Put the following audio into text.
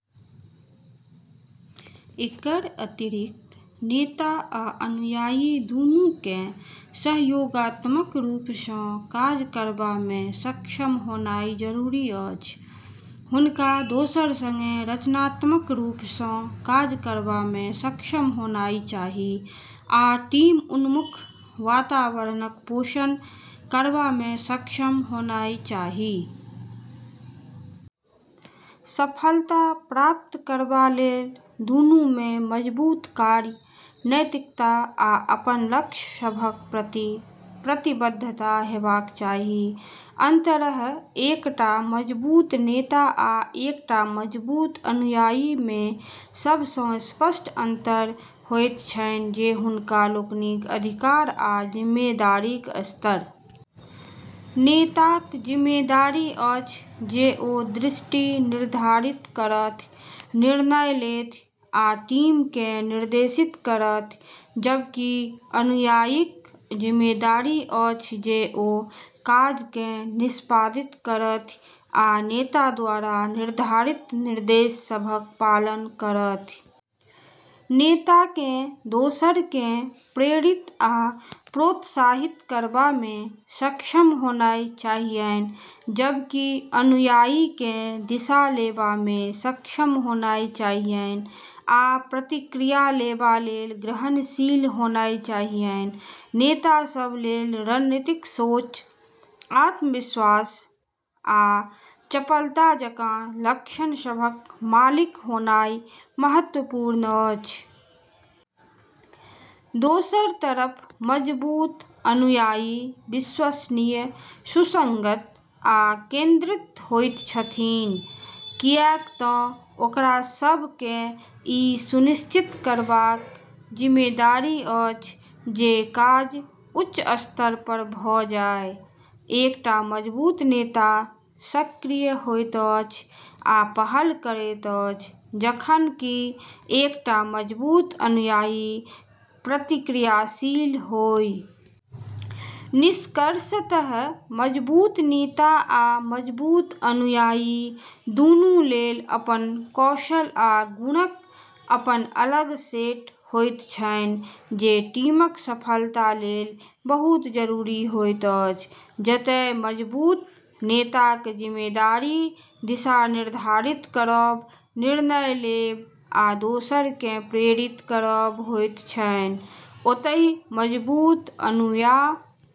एकर अतिरिक्त नेता आ अनुयायी दुनू केँ सहयोगात्मक रूप सँ काज करबा मे सक्षम होनाइ जरूरी अछि। हुनका दोसर सँगे रचनात्मक रूप सँ काज करबा मे सक्षम होनाइ चाही आ टीम उन्मुख वातावरणक पोषण करबा मे सक्षम होनाइ चाही। सफलता प्राप्त करबा लेल दुनू मे मजबूत कार्य नैतिकता आ अपन लक्ष्य सभक प्रति प्रतिबद्धता हेबाक चाही। अंतर: एकटा मजबूत नेता आ एकटा मजबूत अनुयायी मे सब सँ स्पष्ट अंतर होइत छैन जे हुनका लोकनिक अधिकार आ जिम्मेदारीक स्तर। नेताक जिम्मेदारी अछि जे ओ दृष्टि निर्धारित करथि, निर्णय लेथि, आ टीम केँ निर्देशित करथि, जबकि अनुयायीक जिम्मेदारी अछि जे ओ काज केँ निष्पादित करथि आ नेता द्वारा निर्धारित निर्देश सभक पालन करथि। नेता केँ दोसर केँ प्रेरित आ प्रोत्साहित करबा मे सक्षम होनाइ चाहियैन, जबकि अनुयायी केँ दिशा लेबा मे सक्षम होनाइ चाहियैन आ प्रतिक्रिया लेबा लेल ग्रहणशील होनाइ चाहियैन। नेता सभ लेल रणनीतिक सोच, आत्मविश्वास, आ चपलता जकाँ लक्षण सभक मालिक होनाइ महत्वपूर्ण अछि, कियाक तँ ओ अक्सर परिवर्तन केँ नेविगेट करबा आ उच्च स्तरीय निर्णय लेबा लेल जिम्मेदार होइत छथिन। दोसर तरफ मजबूत अनुयायी विश्वसनीय, सुसंगत, आ केंद्रित होइत छथिन, कियाक तँ ओकरा सभ केँ ई सुनिश्चित करबाक जिम्मेदारी अछि जे काज उच्च स्तर पर भऽ जाए। एकटा मजबूत नेता सक्रिय होइत अछि आ पहल करैत अछि, जखन कि एकटा मजबूत अनुयायी प्रतिक्रियाशील होइत अछि आ टीम आ संगठनक जरूरतक जवाब दैत अछि। निष्कर्षतः मजबूत नेता आ मजबूत अनुयायी दुनू लेल अपन कौशल आ गुणक अपन अलग सेट होइत छैन जे टीमक सफलता लेल बहुत जरूरी होइत अछि। जतए मजबूत नेताक जिम्मेदारी दिशा निर्धारित करब, निर्णय लेब, आ दोसर केँ प्रेरित करब होइत छैन, ओतहि मजबूत अनुयायीक जिम्मेदारी होइत छैन जे ओ काज केँ निष्पादित करथि, विश्वसनीय आ सुसंगत होथि, आ संगठनक सर्वांगीण लक्ष्य प्राप्त करबा मे नेताक समर्थन करथि।